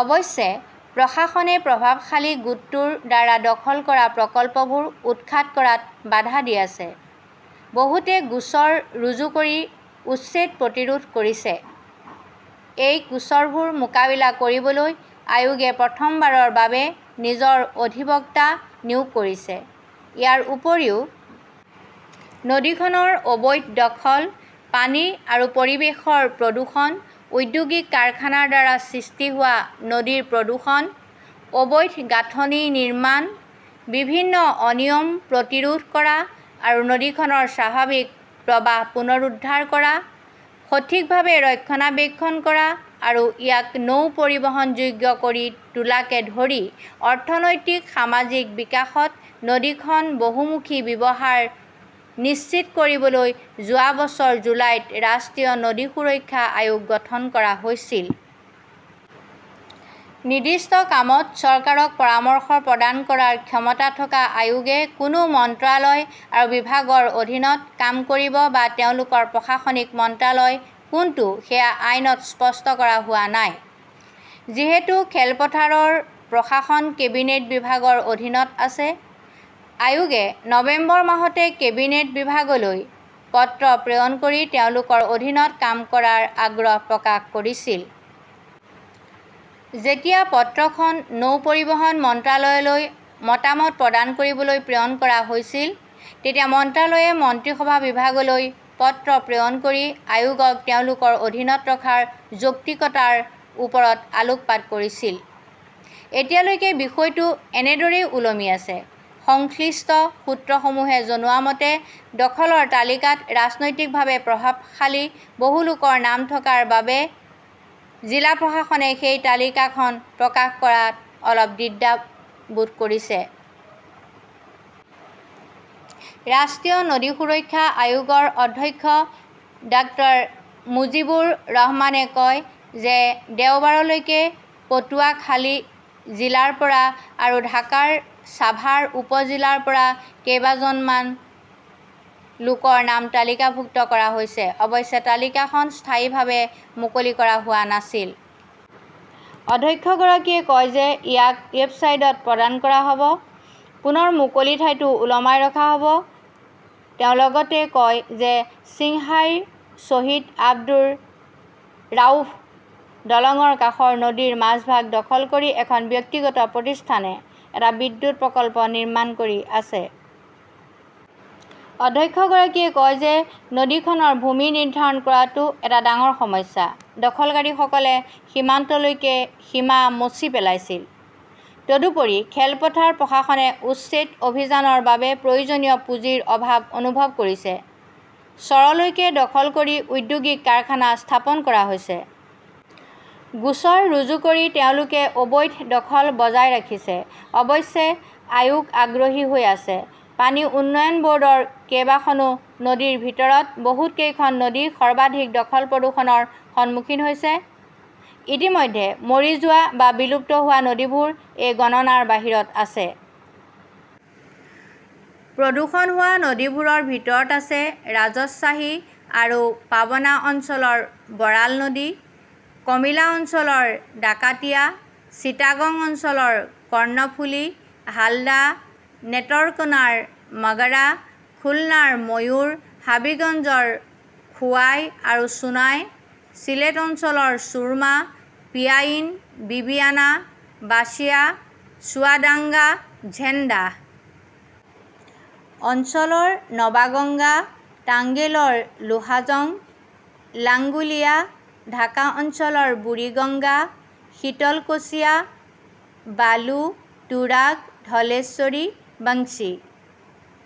অৱশ্যে, প্ৰশাসনে প্ৰভাৱশালী গোটটোৰ দ্বাৰা দখল কৰা প্ৰকল্পবোৰ উৎখাত কৰাত বাধা দি আছে। বহুতে গোচৰ ৰুজু কৰি উচ্ছেদ প্ৰতিৰোধ কৰিছে। এই গোচৰবোৰ মোকাবিলা কৰিবলৈ আয়োগে প্ৰথমবাৰৰ বাবে নিজৰ অধিবক্তা নিয়োগ কৰিছে। ইয়াৰ উপৰিও, নদীখনৰ অবৈধ দখল, পানী আৰু পৰিৱেশৰ প্ৰদূষণ, ঔদ্যোগিক কাৰখানাৰ দ্বাৰা সৃষ্টি হোৱা নদীৰ প্ৰদূষণ, অবৈধ গাঁথনি নিৰ্মাণ, বিভিন্ন অনিয়ম প্ৰতিৰোধ কৰা আৰু নদীখনৰ স্বাভাৱিক প্ৰবাহ পুনৰুদ্ধাৰ কৰা, সঠিকভাৱে ৰক্ষণাবেক্ষণ কৰা আৰু ইয়াক নৌ-পৰিবহণযোগ্য কৰি তোলাকে ধৰি অৰ্থনৈতিক-সামাজিক বিকাশত নদীখনৰ বহুমুখী ব্যৱহাৰ নিশ্চিত কৰিবলৈ যোৱা বছৰ জুলাইত ৰাষ্ট্ৰীয় নদী সুৰক্ষা আয়োগ গঠন কৰা হৈছিল। নিৰ্দিষ্ট কামত চৰকাৰক পৰামৰ্শ প্ৰদান কৰাৰ ক্ষমতা থকা আয়োগে কোনো মন্ত্ৰালয় আৰু বিভাগৰ অধীনত কাম কৰিব বা তেওঁলোকৰ প্ৰশাসনিক মন্ত্ৰালয় কোনটো সেয়া আইনত স্পষ্ট কৰা হোৱা নাই। যিহেতু খেলপথাৰৰ প্ৰশাসন কেবিনেট বিভাগৰ অধীনত আছে, আয়োগে নৱেম্বৰ, মাহতে কেবিনেট বিভাগলৈ পত্ৰ প্ৰেৰণ কৰি তেওঁলোকৰ অধীনত কাম কৰাৰ আগ্ৰহ প্ৰকাশ কৰিছিল। যেতিয়া পত্ৰখন নৌ পৰিবহণ মন্ত্ৰালয়লৈ মতামত প্ৰদান কৰিবলৈ প্ৰেৰণ কৰা হৈছিল, তেতিয়া মন্ত্ৰালয়ে মন্ত্ৰীসভা বিভাগলৈ পত্ৰ প্ৰেৰণ কৰি আয়োগক তেওঁলোকৰ অধীনত ৰখাৰ যৌক্তিকতাৰ ওপৰত আলোকপাত কৰিছিল। এতিয়ালৈকে বিষয়টো এনেদৰেই ওলমি আছে। সংশ্লিষ্ট সূত্ৰসমূহে জনোৱা মতে, দখলৰ তালিকাত ৰাজনৈতিকভাৱে প্ৰভাৱশালী বহু লোকৰ নাম থকাৰ বাবে জিলা প্ৰশাসনে সেই তালিকাখন প্ৰকাশ কৰাত অলপ দ্বিধাবোধ কৰিছে। ৰাষ্ট্ৰীয় নদী সুৰক্ষা আয়োগৰ অধ্যক্ষ ডাঃ মুজিবুৰ ৰহমানে কয় যে দেওবাৰলৈকে পটুৱাখালি জিলাৰ পৰা আৰু ঢাকাৰ ছাভাৰ উপ-জিলাৰ পৰা কেইবা জন মান লোকৰ নাম তালিকাভুক্ত কৰা হৈছে। অৱশ্যে, তালিকাখন স্থানীয়ভাৱে মুকলি কৰা হোৱা নাছিল। অধ্যক্ষগৰাকীয়ে কয় যে ইয়াক ৱেবছাইটত প্ৰদান কৰা হব। পুনৰ মুকলি ঠাইতো ওলমাই ৰখা হব। তেওঁ লগতে কয় যে সিংহাইৰ শ্বহীদ আব্দুৰ ৰাউফ দলংৰ কাষৰ নদীৰ মাজভাগ দখল কৰি এখন ব্যক্তিগত প্ৰতিষ্ঠানে এটা বিদ্যুৎ প্ৰকল্প নিৰ্মাণ কৰি আছে। অধ্যক্ষগৰাকীয়ে কয় যে নদীখনৰ ভূমি নিৰ্ধাৰণ কৰাটো এটা ডাঙৰ সমস্যা। দখলকাৰীসকলে সীমান্তলৈকে সীমা মচি পেলাইছিল। তদুপৰি, খেলপথাৰ প্ৰশাসনে উচ্ছেদ অভিযানৰ বাবে প্ৰয়োজনীয় পুঁজিৰ অভাৱ অনুভৱ কৰিছে। চৰলৈকে দখল কৰি ঔদ্যোগিক কাৰখানা স্থাপন কৰা হৈছে। গোচৰ ৰুজু কৰি তেওঁলোকে অবৈধ দখল বজাই ৰাখিছে। অৱশ্যে আয়োগ আগ্ৰহী হৈ আছে। পানী উন্নয়ন বৰ্ডৰ কেইবা খনো নদীৰ ভিতৰত বহুত কেইখন নদী সৰ্বাধিক দখল-প্ৰদূষণৰ সন্মুখীন হৈছে। ইতিমধ্যে মৰি যোৱা বা বিলুপ্ত হোৱা নদীবোৰ এই গণনাৰ বাহিৰত আছে। প্ৰদূষণ হোৱা নদীবোৰৰ ভিতৰত আছে ৰাজশ্বাহী আৰু পাবনা অঞ্চলৰ বৰাল নদী; কমিলা অঞ্চলৰ ডাকাতিয়া; চিটাগং অঞ্চলৰ কৰ্ণফুলি, হালদা; নেটৰকোনাৰ মগৰা; খুলনাৰ ময়ূৰ; হাবিগঞ্জৰ খোৱাই আৰু সোনাই; চিলেট অঞ্চলৰ ছুৰমা, পিয়াইন, বিবিয়ানা, বাচিয়া; চুৱাদাঙ্গা-ঝেনদাহ অঞ্চলৰ নৱাগঙ্গা; টাংগেলৰ লোহাজং, লাংগুলিয়া; ঢাকা অঞ্চলৰ বুৰিগঙ্গা, শীতলকশিয়া, বালু, তুৰাগ, ধলেশ্বৰী, বংশী